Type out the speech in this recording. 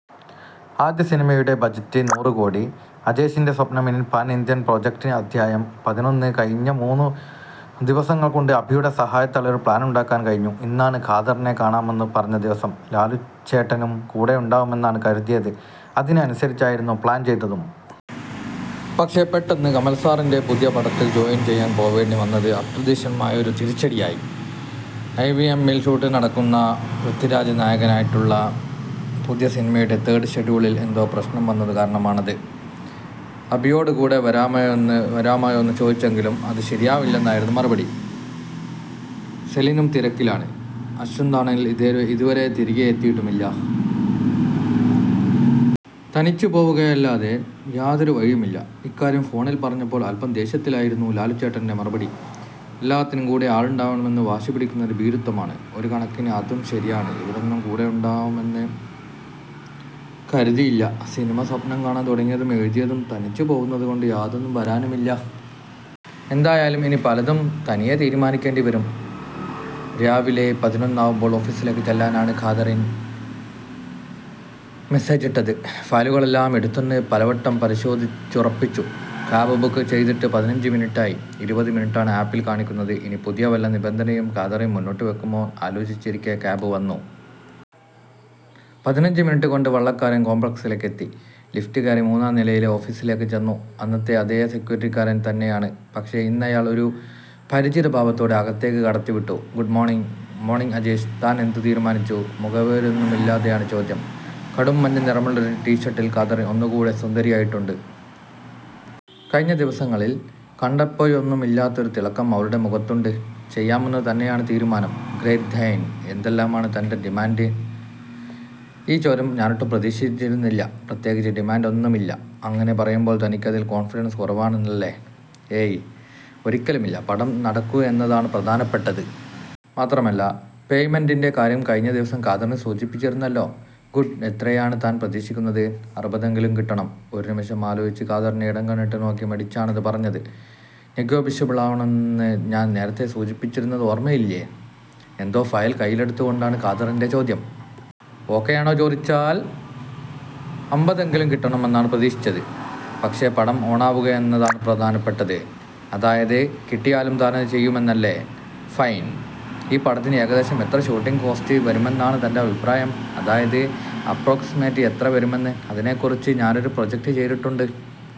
ആദ്യ സിനിമയുടെ ബജറ്റ് നൂറു കോടി, അജേഷിന്റെ സ്വപ്നം ഇനി പാൻ ഇന്ത്യൻ പ്രോജക്ട് അധ്യായം: പതിനൊന്ന് കഴിഞ്ഞ മൂന്നു ദിവസങ്ങൾകൊണ്ട്, അഭിയുടെ സഹായത്താൽ ഒരു പ്ലാൻ ഉണ്ടാക്കാൻ കഴിഞ്ഞു. ഇന്നാണ്, കാതറിനെ കാണാമെന്നു പറഞ്ഞ ദിവസം. ലാലുച്ചേട്ടനും കൂടെയുണ്ടാവുമെന്നാണ് കരുതിയത്. അതിന് അനുസരിച്ചായിരുന്നു പ്ലാൻ ചെയ്തതും. പക്ഷേ പെട്ടെന്ന്, കമൽസാറിന്റെ പുതിയ പടത്തിൽ ജോയിൻ ചെയ്യാൻ പോവേണ്ടി വന്നത് അപ്രതീക്ഷിതമായയൊരു തിരിച്ചടിയായി. എവിഎമ്മിൽ ഷൂട്ടുനടക്കുന്ന പൃഥ്വിരാജ് നായകനായിട്ടുള്ള പുതിയ സിനിമയുടെ തേർഡ് ഷെഡ്യൂളിൽ എന്തോ പ്രശ്നം വന്നതു കാരണമാണത്. അഭിയോട് കൂടെ വരാമോയെന്നു ചോദിച്ചെങ്കിലും അതു ശരിയാവില്ലെന്നായിരുന്നു മറുപടി. സെലിനും തിരക്കിലാണ്. അശ്വന്താണേൽ ഇതുവരെ തിരികെ എത്തിയിട്ടുമില്ല. തനിച്ചു പോവുകയല്ലാതെ യാതൊരു വഴിയുമില്ല. ഇക്കാര്യം ഫോണിൽ പറഞ്ഞപ്പോൾ അൽപ്പം ദേഷ്യത്തിലായിരുന്നു ലാലുച്ചേട്ടൻ്റെ മറുപടി. "എല്ലാത്തിനും കൂടെ ആളുണ്ടാവണമെന്നു വാശി പിടിക്കുന്നത് ഭീരുത്വമാണ്. " ഒരു കണക്കിന് അതും ശരിയാണ്. ഇവരൊന്നും കൂടെയുണ്ടാവുമെന്നു കരുതിയല്ല സിനിമ സ്വപ്നം കാണാൻ തുടങ്ങിയതും എഴുതിയതും. തനിച്ചു പോവുന്നതുകൊണ്ട് യാതൊന്നും വരാനുമില്ല. എന്തായാലും ഇനി പലതും തനിയെ തീരുമാനിക്കേണ്ടി വരും. രാവിലെ പതിനൊന്നാവുമ്പോൾ ഓഫീസിലേക്ക് ചെല്ലാനാണ് കാതറിൻ മെസേജിട്ടത്. ഫയലുകളെല്ലാം എടുത്തെന്ന് പലവട്ടം പരിശോധിച്ചുറപ്പിച്ചു. കാബ് ബുക്ക് ചെയ്തിട്ട് പതിനഞ്ചു മിനിറ്റായി. ഇരുപതു മിനുട്ടാണ് ആപ്പിൽ കാണിക്കുന്നത്. ഇനി പുതിയ വല്ല നിബന്ധനയും കാതറിൻ മുന്നോട്ടു വെക്കുമോ? ആലോചിച്ചിരിക്കെ കാബ് വന്നു. പതിനഞ്ചു മിനിറ്റുകൊണ്ട്, വള്ളക്കാരൻ കോംപ്ലക്സിലേക്ക് എത്തി. ലിഫ്റ്റുകയറി മൂന്നാം നിലയിലെ ഓഫീസിലേക്ക് ചെന്നു. അന്നത്തെ അതേ സെക്യൂരിറ്റിക്കാരൻ തന്നെയാണ്. പക്ഷേ, ഇന്നയാൾ ഒരു പരിചിത ഭാവത്തോടെ അകത്തേക്ക് കടത്തിവിട്ടു. "Good morning? " "മോണിംഗ് അജേഷ്. താൻ എന്തു തീരുമാനിച്ചു? " മുഖവുരയൊന്നുമില്ലാതെയാണ് ചോദ്യം. കടുംമഞ്ഞ നിറമുള്ളൊരു ടീഷർട്ടിൽ കാതറിൻ ഒന്നുകൂടെ സുന്ദരിയായിട്ടുണ്ട്. കഴിഞ്ഞ ദിവസങ്ങളിൽ കണ്ടപ്പോഴൊന്നുമില്ലാത്തൊരു തിളക്കം അവളുടെ മുഖത്തുണ്ട്. "ചെയ്യാമെന്നു തന്നെയാണ് തീരുമാനം" "ഗ്രേറ്റ്, ദെൻ എന്തെല്ലാമാണ് തന്റെ ഡിമാന്റ്? " ഈ ചോദ്യം ഞാനൊട്ടും പ്രതീക്ഷിച്ചിരുന്നില്ല. "പ്രത്യേകിച്ച് ഡിമാന്റ് ഒന്നുമില്ല" "അങ്ങനെ പറയുമ്പോൾ തനിക്കിതിൽ കോൺഫിഡൻസ് കുറവാണന്നല്ലേ? " "ഏയ്, ഒരിക്കലുമില്ല. പടം നടക്കുകയെന്നതാണ് പ്രധാനപ്പെട്ടത്. മാത്രമല്ല പേയ്മെന്റിന്റെ കാര്യം കഴിഞ്ഞ ദിവസം കാതറിൻ സൂചിപ്പിച്ചിരുന്നല്ലോ? " "ഗുഡ്. എത്രയാണ് താൻ പ്രതീക്ഷിക്കുന്നത്? " "അറുപതെങ്കിലും കിട്ടണം" ഒരുനിമിഷം ആലോചിച്ച്, കാതറിനെ ഇടംകണ്ണിട്ട് നോക്കി. മടിച്ചാണതു പറഞ്ഞത്. "നെഗോഷ്യബിളാവണമെന്നു ഞാൻ നേരത്തെ സൂചിപ്പിച്ചിരുന്നത് ഓർമയിലില്ലേ? " എന്തോ ഫയൽ കയ്യിലെടുത്തുകൊണ്ടാണ് കാതറിന്റെ ചോദ്യം. " "ഓകെയാണോ ചോദിച്ചാൽ, അമ്പതെങ്കിലും കിട്ടുമെന്നാണ് പ്രതീക്ഷിച്ചത്. പക്ഷേ പടം ഓണാവുകയെന്നതാണ് പ്രധാനപ്പെട്ടത്. " "അതായത്, കിട്ടിയാലും താനതു ചെയ്യുമെന്നല്ലേ? " "ഫൈൻ. ഈ പടത്തിന് ഏകദേശം എത്ര ഷൂട്ടിംഗ് കോസ്റ്റ് വരുമെന്നാണ് തന്റെ അഭിപ്രായം. അതായത് അപ്രോക്സിമേറ്റ് എത്ര വരുമെന്ന്? " "അതിനെക്കുറിച്ച് ഞാനൊരു പ്രോജക്ട് ചെയ്തിട്ടുണ്ട്.